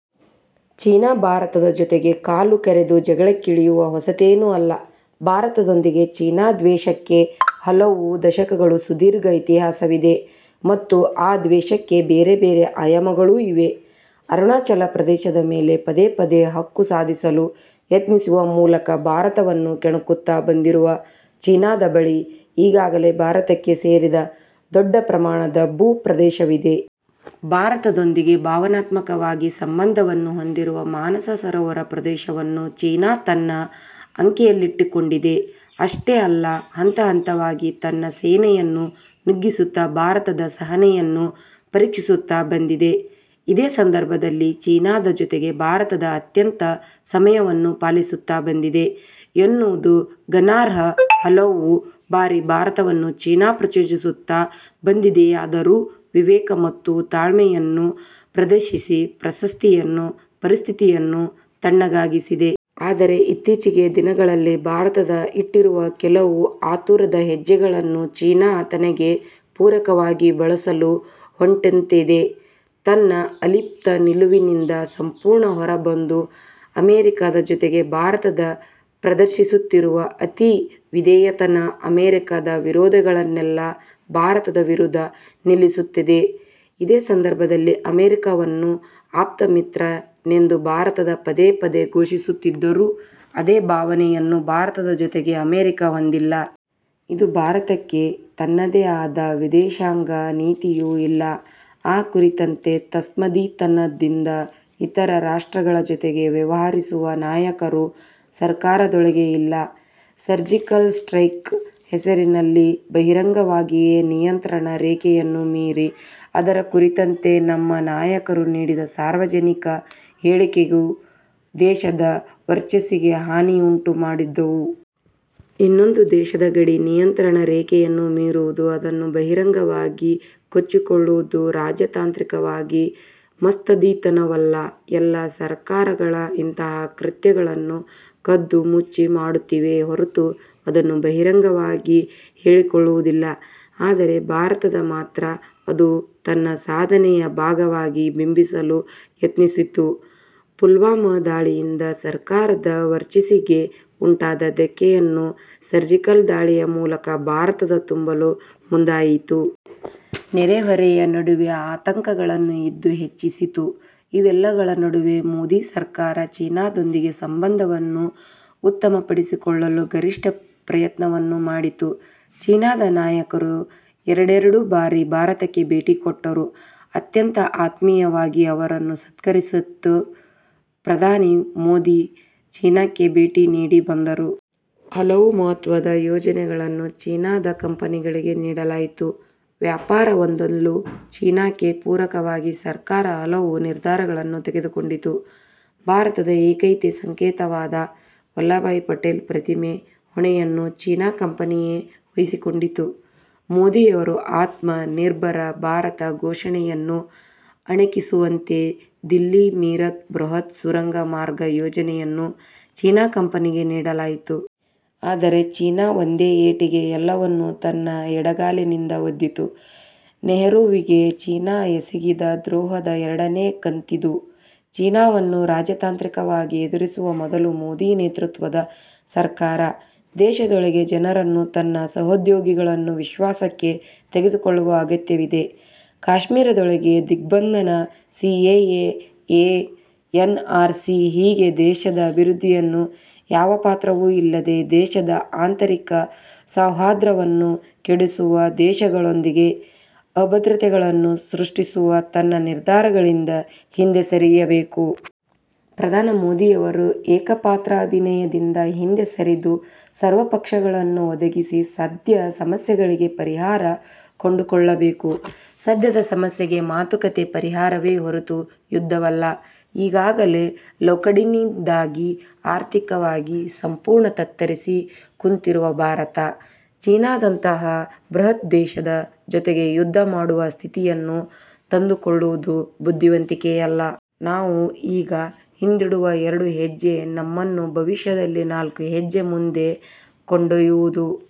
China ಭಾರತದ ಜೊತೆಗೆ ಕಾಲು ಕೆರೆದು ಜಗಳಕ್ಕಿಳಿಯುವುದು ಹೊಸತೇನೂ ಅಲ್ಲ. ಭಾರತದೊಂದಿಗಿನ ಚೀನಾ ದ್ವೇಷಕ್ಕೆ ಹಲವು ದಶಕಗಳ ಸುದೀರ್ಘ ಇತಿಹಾಸವಿದೆ ಮತ್ತು ಆ ದ್ವೇಷಕ್ಕೆ ಬೇರೆ ಬೇರೆ ಆಯಾಮಗಳೂ ಇವೆ. ಅರುಣಾಚಲ ಪ್ರದೇಶದ ಮೇಲೆ ಪದೇ ಪದೇ ಹಕ್ಕು ಸಾಧಿಸಲು ಯತ್ನಿಸುವ ಮೂಲಕ ಭಾರತವನ್ನು ಕೆಣಕುತ್ತಾ ಬಂದಿರುವ ಚೀನಾದ ಬಳಿ, ಈಗಾಗಲೇ ಭಾರತಕ್ಕೆ ಸೇರಿದ ದೊಡ್ಡ ಪ್ರಮಾಣದ ಭೂ ಪ್ರದೇಶವಿದೆ. ಭಾರತದೊಂದಿಗೆ ಭಾವನಾತ್ಮಕವಾಗಿ ಸಂಬಂಧವನ್ನು ಹೊಂದಿರುವ ಮಾನಸ ಸರೋವರ ಪ್ರದೇಶವನ್ನೂ ಚೀನಾ ತನ್ನ ಅಂಕೆಯಲ್ಲಿಟ್ಟುಕೊಂಡಿದೆ. ಅಷ್ಟೇ ಅಲ್ಲ, ಹಂತ ಹಂತವಾಗಿ ತನ್ನ ಸೇನೆಯನ್ನು ನುಗ್ಗಿಸುತ್ತಾ ಭಾರತದ ಸಹನೆಯನ್ನು ಪರೀಕ್ಷಿಸುತ್ತಾ ಬಂದಿದೆ. ಇದೇ ಸಂದರ್ಭದಲ್ಲಿ, ಚೀನಾದ ಜೊತೆಗೆ ಭಾರತ ಅತ್ಯಂತ ಸಂಯಮವನ್ನು ಪಾಲಿಸುತ್ತಾ ಬಂದಿದೆ ಎನ್ನುವುದು ಗಮನಾರ್ಹ. ಹಲವು ಬಾರಿ ಭಾರತವನ್ನು ಚೀನಾ ಪ್ರಚೋದಿಸುತ್ತಾ ಬಂದಿದೆಯಾದರೂ, ವಿವೇಕ ಮತ್ತು ತಾಳ್ಮೆಯನ್ನು ಪ್ರದರ್ಶಿಸಿ ಪರಿಸ್ಥಿತಿಯನ್ನು ತಣ್ಣಗಾಗಿಸಿದೆ. ಆದರೆ ಇತ್ತೀಚಿನ ದಿನಗಳಲ್ಲಿ ಭಾರತ ಇಟ್ಟಿರುವ ಕೆಲವು ಆತುರದ ಹೆಜ್ಜೆಗಳನ್ನು ಚೀನಾ ತನಗೆ ಪೂರಕವಾಗಿ ಬಳಸಲು ಹೊರಟಂತಿದೆ. ತನ್ನ ಅಲಿಪ್ತ ನಿಲುವಿನಿಂದ ಸಂಪೂರ್ಣ ಹೊರ ಬಂದು ಅಮೆರಿಕದ ಜೊತೆಗೆ ಭಾರತ ಪ್ರದರ್ಶಿಸುತ್ತಿರುವ ಅತಿ ವಿಧೇಯತನ, ಅಮೆರಿಕದ ವಿರೋಧಿಗಳನ್ನೆಲ್ಲ ಭಾರತದ ವಿರುದ್ಧ ನಿಲ್ಲಿಸುತ್ತಿದೆ. ಇದೇ ಸಂದರ್ಭದಲ್ಲಿ ಅಮೆರಿಕವನ್ನು 'ಆಪ್ತಮಿತ್ರ'ನೆಂದು ಭಾರತ ಪದೇ ಪದೇ ಘೋಷಿಸುತ್ತಿದ್ದರೂ, ಅದೇ ಭಾವನೆಯನ್ನು ಭಾರತದ ಜೊತೆಗೆ ಅಮೆರಿಕ ಹೊಂದಿಲ್ಲ. ಇಂದು ಭಾರತಕ್ಕೆ ತನ್ನದೇ ಆದ ವಿದೇಶಾಂಗ ನೀತಿಯೂ ಇಲ್ಲ, ಆ ಕುರಿತಂತೆ ಮುತ್ಸದ್ದಿತನದಿಂದ ಇತರ ರಾಷ್ಟ್ರಗಳ ಜೊತೆಗೆ ವ್ಯವಹರಿಸುವ ನಾಯಕರೂ ಸರಕಾರದೊಳಗೆ ಇಲ್ಲ. ಸರ್ಜಿಕಲ್ ಸ್ಟ್ರೈಕ್ ಹೆಸರಿನಲ್ಲಿ ಬಹಿರಂಗವಾಗಿಯೇ ನಿಯಂತ್ರಣ ರೇಖೆಯನ್ನು ಮೀರಿ, ಅದರ ಕುರಿತಂತೆ ನಮ್ಮ ನಾಯಕರು ನೀಡಿದ ಸಾರ್ವಜನಿಕ ಹೇಳಿಕೆಗಳೂ ದೇಶದ ವರ್ಚಸ್ಸಿಗೆ ಹಾನಿಯನ್ನುಂಟು ಮಾಡಿದವು. ಇನ್ನೊಂದು ದೇಶದ ಗಡಿ ನಿಯಂತ್ರಣ ರೇಖೆಯನ್ನು ಮೀರುವುದು, ಅದನ್ನು ಬಹಿರಂಗವಾಗಿ ಕೊಚ್ಚಿಕೊಳ್ಳುವುದು ರಾಜತಾಂತ್ರಿಕವಾಗಿ ಮುತ್ಸದ್ದಿತನವಲ್ಲ. ಎಲ್ಲ ಸರಕಾರಗಳು ಇಂತಹ ಕೃತ್ಯಗಳನ್ನು ಕದ್ದು ಮುಚ್ಚಿ ಮಾಡುತ್ತವೆಯೇ ಹೊರತು, ಅದನ್ನು ಬಹಿರಂಗವಾಗಿ ಹೇಳಿಕೊಳ್ಳುವುದಿಲ್ಲ. ಆದರೆ ಭಾರತ ಮಾತ್ರ, ಅದನ್ನು ತನ್ನ ಸಾಧನೆಯ ಭಾಗವಾಗಿ ಬಿಂಬಿಸಲು ಯತ್ನಿಸಿತು. ಪುಲ್ವಾಮ ದಾಳಿಯಿಂದ ಸರಕಾರದ ವರ್ಚಸ್ಸಿಗೆ ಉಂಟಾದ ಧಕ್ಕೆಯನ್ನು ಸರ್ಜಿಕಲ್ ದಾಳಿಯ ಮೂಲಕ ಭಾರತ ತುಂಬಲು ಮುಂದಾಯಿತು. ನೆರೆ ಹೊರೆಯ ನಡುವೆ ಆತಂಕಗಳನ್ನು ಇದು ಹೆಚ್ಚಿಸಿತು. ಇವೆಲ್ಲವುಗಳ ನಡುವೆ ಮೋದಿ ಸರಕಾರ, ಚೀನಾದೊಂದಿಗೆ ಸಂಬಂಧವನ್ನು ಉತ್ತಮಪಡಿಸಿಕೊಳ್ಳಲು ಗರಿಷ್ಠ ಪ್ರಯತ್ನವನ್ನು ಮಾಡಿತ್ತು. ಚೀನಾದ ನಾಯಕರು ಎರಡೆರಡು ಬಾರಿ ಭಾರತಕ್ಕೆ ಭೇಟಿ ಕೊಟ್ಟರು. ಅತ್ಯಂತ ಆತ್ಮೀಯವಾಗಿ ಅವರನ್ನು ಸತ್ಕರಿಸಲಾಯಿತು. ಪ್ರಧಾನಿ ಮೋದಿಯವರೂ ಚೀನಾಕ್ಕೆ ಭೇಟಿ ನೀಡಿ ಬಂದರು. ಹಲವು ಮಹತ್ವದ ಯೋಜನೆಗಳನ್ನು ಚೀನಾದ ಕಂಪೆನಿಗಳಿಗೆ ನೀಡಲಾಯಿತು. ವ್ಯಾಪಾರ ಒಪ್ಪಂದದಲ್ಲೂ ಚೀನಾಕ್ಕೆ ಪೂರಕವಾಗಿ ಸರಕಾರ ಹಲವು ನಿರ್ಧಾರಗಳನ್ನು ತೆಗೆದುಕೊಂಡಿತು. ಭಾರತದ ಏಕತೆಯ ಸಂಕೇತವಾದ 'ವಲ್ಲಭಬಾಯ್ ಪಟೇಲ್' ಪ್ರತಿಮೆಯ ಹೊಣೆಯನ್ನು ಚೀನಾ ಕಂಪೆನಿಯೇ ವಹಿಸಿಕೊಂಡಿತ್ತು. ಮೋದಿಯವರ 'ಆತ್ಮ ನಿರ್ಭರ ಭಾರತ' ಘೋಷಣೆಯನ್ನು ಅಣಕಿಸುವಂತೆ ದಿಲ್ಲಿ-ಮೀರತ್ ಬೃಹತ್ ಸುರಂಗ ಮಾರ್ಗ ಯೋಜನೆಯನ್ನು ಚೀನಾ ಕಂಪೆನಿಗೆ ನೀಡಲಾಯಿತು. ಆದರೆ ಚೀನಾ ಒಂದೇ ಏಟಿಗೆ ಎಲ್ಲವನ್ನೂ ತನ್ನ ಎಡಗಾಲಿನಿಂದ ಒದ್ದಿತು. ನೆಹರೂವಿಗೆ ಚೀನಾ ಎಸಗಿದ ದ್ರೋಹದ ಎರಡನೆಯ ಕಂತಿದು. ಚೀನಾವನ್ನು ರಾಜತಾಂತ್ರಿಕವಾಗಿ ಎದುರಿಸುವ ಮೊದಲು ಮೋದಿ ನೇತೃತ್ವದ ಸರಕಾರ, ದೇಶದೊಳಗಿನ ಜನರನ್ನು, ತನ್ನ ಸಹೋದ್ಯೋಗಿಗಳನ್ನು ವಿಶ್ವಾಸಕ್ಕೆ ತೆಗೆದುಕೊಳ್ಳುವ ಅಗತ್ಯವಿದೆ. ಕಾಶ್ಮೀರದೊಳಗಿನ ದಿಗ್ಬಂಧನ, C A A, N R C ಹೀಗೆ ದೇಶದ ಅಭಿವೃದ್ಧಿಯಲ್ಲಿ ಯಾವ ಪಾತ್ರವೂ ಇಲ್ಲದ, ದೇಶದ ಆಂತರಿಕ ಸೌಹಾರ್ದವನ್ನು ಕೆಡಿಸುವ, ದೇಶದೊಳಗೆ ಅಭದ್ರತೆಗಳನ್ನು ಸೃಷ್ಟಿಸುವ ತನ್ನ ನಿರ್ಧಾರಗಳಿಂದ ಹಿಂದೆ ಸರಿಯಬೇಕು. ಪ್ರಧಾನಿ ಮೋದಿಯವರು ಏಕಪಾತ್ರಾಭಿನಯದಿಂದ ಹಿಂದೆ ಸರಿದು, ಸರ್ವಪಕ್ಷಗಳನ್ನು ಒಂದಾಗಿಸಿ ಸದ್ಯದ ಸಮಸ್ಯೆಗಳಿಗೆ ಪರಿಹಾರ ಕಂಡುಕೊಳ್ಳಬೇಕು. ಸದ್ಯದ ಸಮಸ್ಯೆಗೆ ಮಾತುಕತೆ ಪರಿಹಾರವೇ ಹೊರತು ಯುದ್ಧವಲ್ಲ. ಈಗಾಗಲೇ ಲಾಕ್ಡೌನ್ನಿಂದಾಗಿ ಆರ್ಥಿಕವಾಗಿ ಸಂಪೂರ್ಣ ತತ್ತರಿಸಿ ಕೂತಿರುವ ಭಾರತ, ಚೀನಾದಂತಹ ಬೃಹತ್ ದೇಶದ ಜೊತೆಗೆ ಯುದ್ಧ ಮಾಡುವ ಸ್ಥಿತಿಯನ್ನು ತಂದುಕೊಳ್ಳುವುದು ಬುದ್ಧಿವಂತಿಕೆಯಲ್ಲ. ನಾವು ಈಗ ಹಿಂದಿಡುವ ಎರಡು ಹೆಜ್ಜೆ, ನಮ್ಮನ್ನು ಭವಿಷ್ಯದಲ್ಲಿ ನಾಲ್ಕು ಹೆಜ್ಜೆ ಮುಂದೆ ಕೊಂಡೊಯ್ದೆವು.